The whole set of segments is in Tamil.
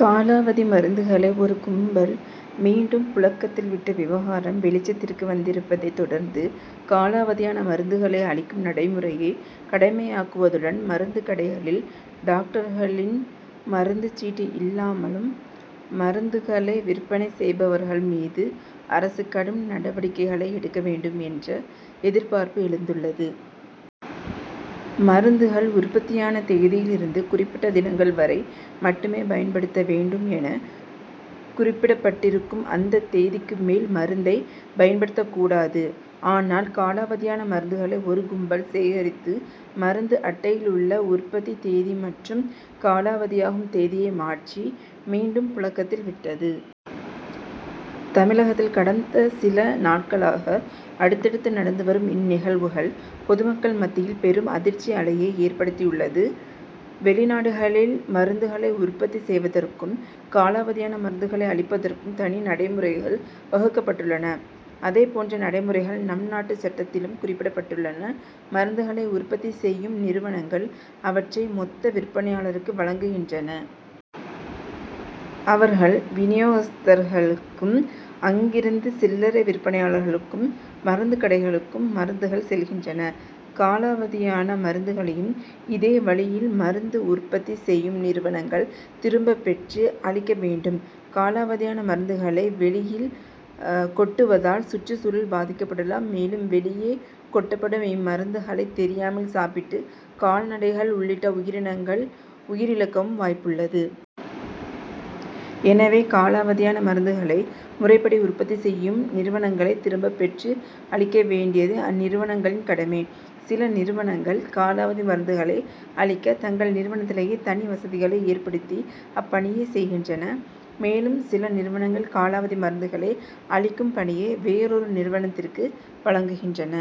காலாவதி மருந்துகளை ஒரு கும்பல் மீண்டும் புழக்கத்தில் விட்ட விவகாரம் வெளிச்சத்திற்கு வந்திருப்பதைத் தொடர்ந்து, காலாவதியான மருந்துகளை அழிக்கும் நடைமுறையை கடுமையாக்குவதுடன், மருந்துக் கடைகளில் டாக்டர்களின் மருந்துச் சீட்டு இல்லாமலும், பில் இல்லாமலும் மருந்துகளை விற்பனை செய்பவர்கள் மீது அரசு கடும் நடவடிக்கைகளை எடுக்க வேண்டும் என்ற எதிர்பார்ப்பு எழுந்துள்ளது. மருந்துகள் உற்பத்தியான தேதியிலிருந்து, குறிப்பிட்ட தினங்கள் வரை மட்டுமே பயன்படுத்த வேண்டும் என குறிப்பிடப்பட்டிருக்கும். அந்த தேதிக்கு மேல் மருந்தை பயன்படுத்தக் கூடாது. ஆனால், காலாவதியான மருந்துகளை ஒரு கும்பல் சேகரித்து, மருந்து அட்டையில் உள்ள உற்பத்தி தேதி மற்றும் காலாவதியாகும் தேதியை மாற்றி, மீண்டும் புழக்கத்தில் விட்டது. தமிழகத்தில் கடந்த சில நாட்களாக அடுத்தடுத்து நடந்து வரும் இந்நிகழ்வுகள், பொதுமக்கள் மத்தியில் பெரும் அதிர்ச்சி அலையை ஏற்படுத்தியுள்ளது. வெளிநாடுகளில் மருந்துகளை உற்பத்தி செய்வதற்கும், காலாவதியான மருந்துகளை அழிப்பதற்கும் தனி நடைமுறைகள் வகுக்கப் பட்டுள்ளன. அதே போன்ற நடைமுறைகள் நம் நாட்டு சட்டத்திலும் குறிப்பிடப்பட்டுள்ளன. மருந்துகளை உற்பத்தி செய்யும் நிறுவனங்கள், அவற்றை மொத்த விற்பனையாளருக்கு வழங்குகின்றன. அவர்கள் வினியோகஸ்தர்களுக்கும், அங்கிருந்து சில்லரை விற்பனையாளர்களுக்கும், மருந்துக் கடைகளுக்கும் மருந்துகள் செல்கின்றன. காலாவதியான மருந்துகளையும் இதே வழியில் மருந்து உற்பத்தி செய்யும் நிறுவனங்கள் திரும்பப் பெற்று அழிக்க வேண்டும். காலாவதியான மருந்துகளை வெளியில் கொட்டுவதால், சுற்றுச்சூழல் பாதிக்கப்படலாம். மேலும், வெளியே கொட்டப்படும் இம்மருந்துகளை தெரியாமல் சாப்பிட்டு, கால்நடைகள் உள்ளிட்ட உயிரினங்கள் உயிரிழக்கவும் வாய்ப்புள்ளது. எனவே, காலாவதியான மருந்துகளை, முறைப்படி உற்பத்தி செய்யும் நிறுவனங்களே திரும்பப் பெற்று அழிக்க வேண்டியது அந்நிறுவனங்களின் கடமை. சில நிறுவனங்கள் காலாவதி மருந்துகளை அழிக்க, தங்கள் நிறுவனத்திலேயே தனி வசதிகளை ஏற்படுத்தி அப்பணியைச் செய்கின்றன. மேலும், சில நிறுவனங்கள் காலாவதி மருந்துகளை அழிக்கும் பணியை வேறொரு நிறுவனத்திற்கு வழங்குகின்றன.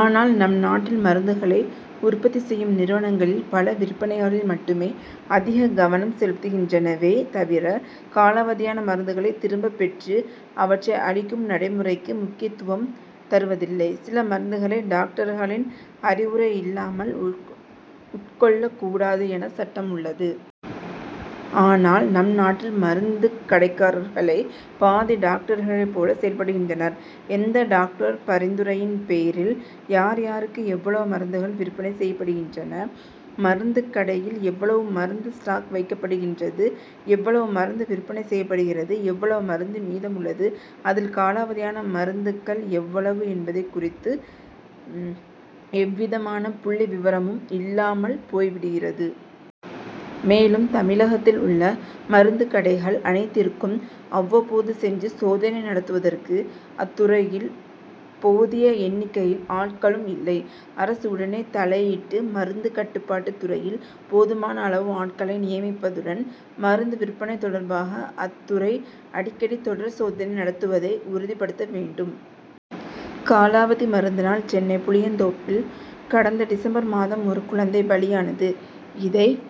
ஆனால், நம் நாட்டில் மருந்துகளை உற்பத்தி செய்யும் நிறுவனங்களில் பல, விற்பனையில் மட்டுமே அதிக கவனம் செலுத்துகின்றனவே தவிர, காலாவதியான மருந்துகளை திரும்பப் பெற்று அவற்றை அழிக்கும் நடைமுறைக்கு முக்கியத்துவம் தருவதில்லை. சில மருந்துகளை டாக்டர்களின் அறிவுரை இல்லாமல் உட்கொள்ளக் கூடாது என சட்டம் உள்ளது. ஆனால், நம் நாட்டில் மருந்துக் கடைக்காரர்களே பாதி டாக்டர்களைப் போல செயல்படுகின்றனர். எந்த டாக்டர் பரிந்துரையின் பேரில், யார், யாருக்கு எவ்வளவு மருந்துகள் விற்பனை செய்யப்படுகின்றன, மருந்துக் கடையில் எவ்வளவு மருந்து ஸ்டாக் வைக்கப்படுகிறது, எவ்வளவு மருந்து விற்பனை செய்யப்படுகிறது, எவ்வளவு மருந்து மீதமுள்ளது, அதில் காலாவதியான மருந்துகள் எவ்வளவு என்பது குறித்து எந்தவிதமான புள்ளி விவரமும் இல்லாமல் போய் விடுகிறது. மேலும், தமிழகத்தில் உள்ள மருந்துக் கடைகள் அனைத்திற்கும் அவ்வப்போது சென்று சோதனை நடத்துவதற்கு, அத்துறையில் போதிய எண்ணிக்கையில் ஆட்களும் இல்லை. அரசு உடனே தலையிட்டு, மருந்துக் கட்டுப்பாட்டுத் துறையில் போதுமான அளவு ஆட்களை நியமிப்பதுடன், மருந்து விற்பனை தொடர்பாக அத்துறை அடிக்கடி தொடர் சோதனை நடத்துவதை உறுதிப்படுத்த வேண்டும். காலாவதி மருந்தினால், சென்னை புளியந்தோப்பில் கடந்த டிசம்பர் மாதம் ஒரு குழந்தை பலியானது. இதைத்